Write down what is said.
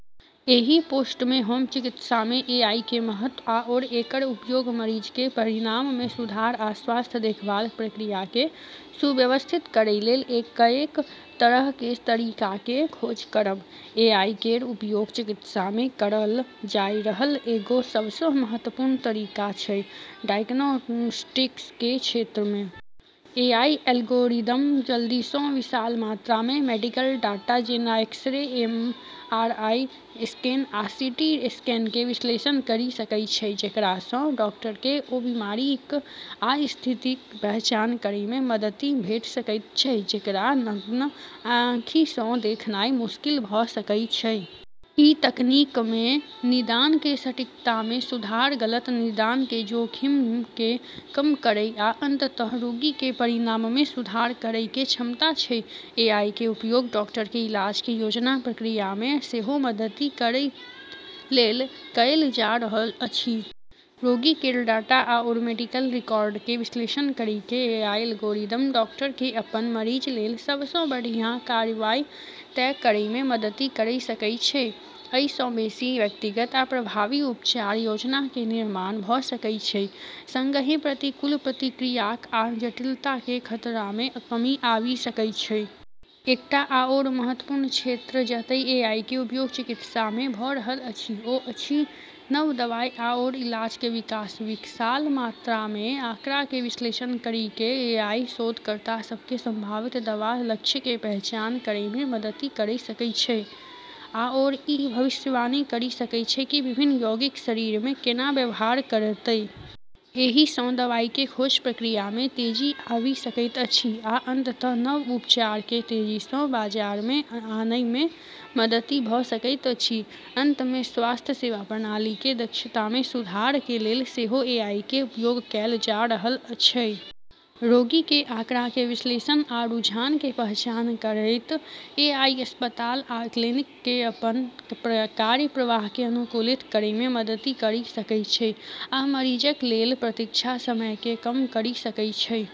एहि पोस्टमे हम चिकित्सामे एआईके महत्व आओर एकर उपयोग मरीजके परिणाममे सुधार आ स्वास्थ्य देखभाल प्रक्रियाके सुव्यवस्थित करै लेल कएक तरहके तरीकाके खोज करब । एआई केर उपयोग चिकित्सामे करल जाइ रहल एगो सबसँ महत्वपूर्ण तरीका छै, डायग्नोस्टिक्स के क्षेत्रमे । एआई एल्गोरिदम जल्दीसँ विशाल मात्रामे मेडिकल डाटा, जेना एक्स-रे, एमआरआई स्कैन, आ सीटी स्कैनके विश्लेषण करि सकै छै, जेकरासँ डॉक्टरके ओ बीमारिक आ स्थितिक पहचान करैमे मदति भेट सकैत छै जेकरा नग्न आँखिसँ देखनाइ मुश्किल भ' सकय छै । ई तकनीकमे निदानके सटीकतामे सुधार, गलत निदानके जोखिमके कम करै आ अंततः रोगीके परिणाममे सुधार करैके क्षमता छै । एआईके उपयोग डॉक्टरके इलाजके योजना प्रक्रियामे सेहो मदति करै लेल कएल जा रहल अछि । रोगी केर डाटा आओर मेडिकल रिकॉर्डके विश्लेषण करिके एआई एल्गोरिदम डॉक्टरके अपन मरीज लेल सबसँ बढ़ियाँ कार्रवाई तय करैमे मदति करि सकै छै। अइसँ बेशी व्यक्तिगत आ प्रभावी उपचार योजनाके निर्माण भ' सकै छै, सङ्गहेँ प्रतिकूल प्रतिक्रियाक आ जटिलताके खतरामे कमी आबि सकै छै । एकटा आओर महत्वपूर्ण क्षेत्र जतय एआईके उपयोग चिकित्सामे भ' रहल अछि ओ अछि नव दवाइ आओर इलाजके विकास । विशाल मात्रामे आँकड़ाके विश्लेषण करिके एआई शोधकर्ता सबके संभावित दवा लक्ष्यके पहचान करैमे मदति करि सकै छै आओर ई भविष्यवाणी करि सकै छै कि विभिन्न यौगिक शरीरमे केना व्यवहार करतै। एहिसँ दवाइके खोज प्रक्रियामे तेजी आबि सकैत अछि आ अंततः नव उपचारके तेजीसँ बाजारमे आनयमे मदति भ' सकैत अछि । अंतमे स्वास्थ्य सेवा प्रणालीके दक्षतामे सुधारके लेल सेहो एआईके उपयोग कैल जा रहल छै । रोगीके आँकड़ाके विश्लेषण आ रुझानके पहचान करैत, एआई अस्पताल आ क्लिनिकके अपन कार्यप्रवाहके अनुकूलित करैमे मदति करि सकै छै आ मरीजक लेल प्रतीक्षा समयके कम करि सकै छै ।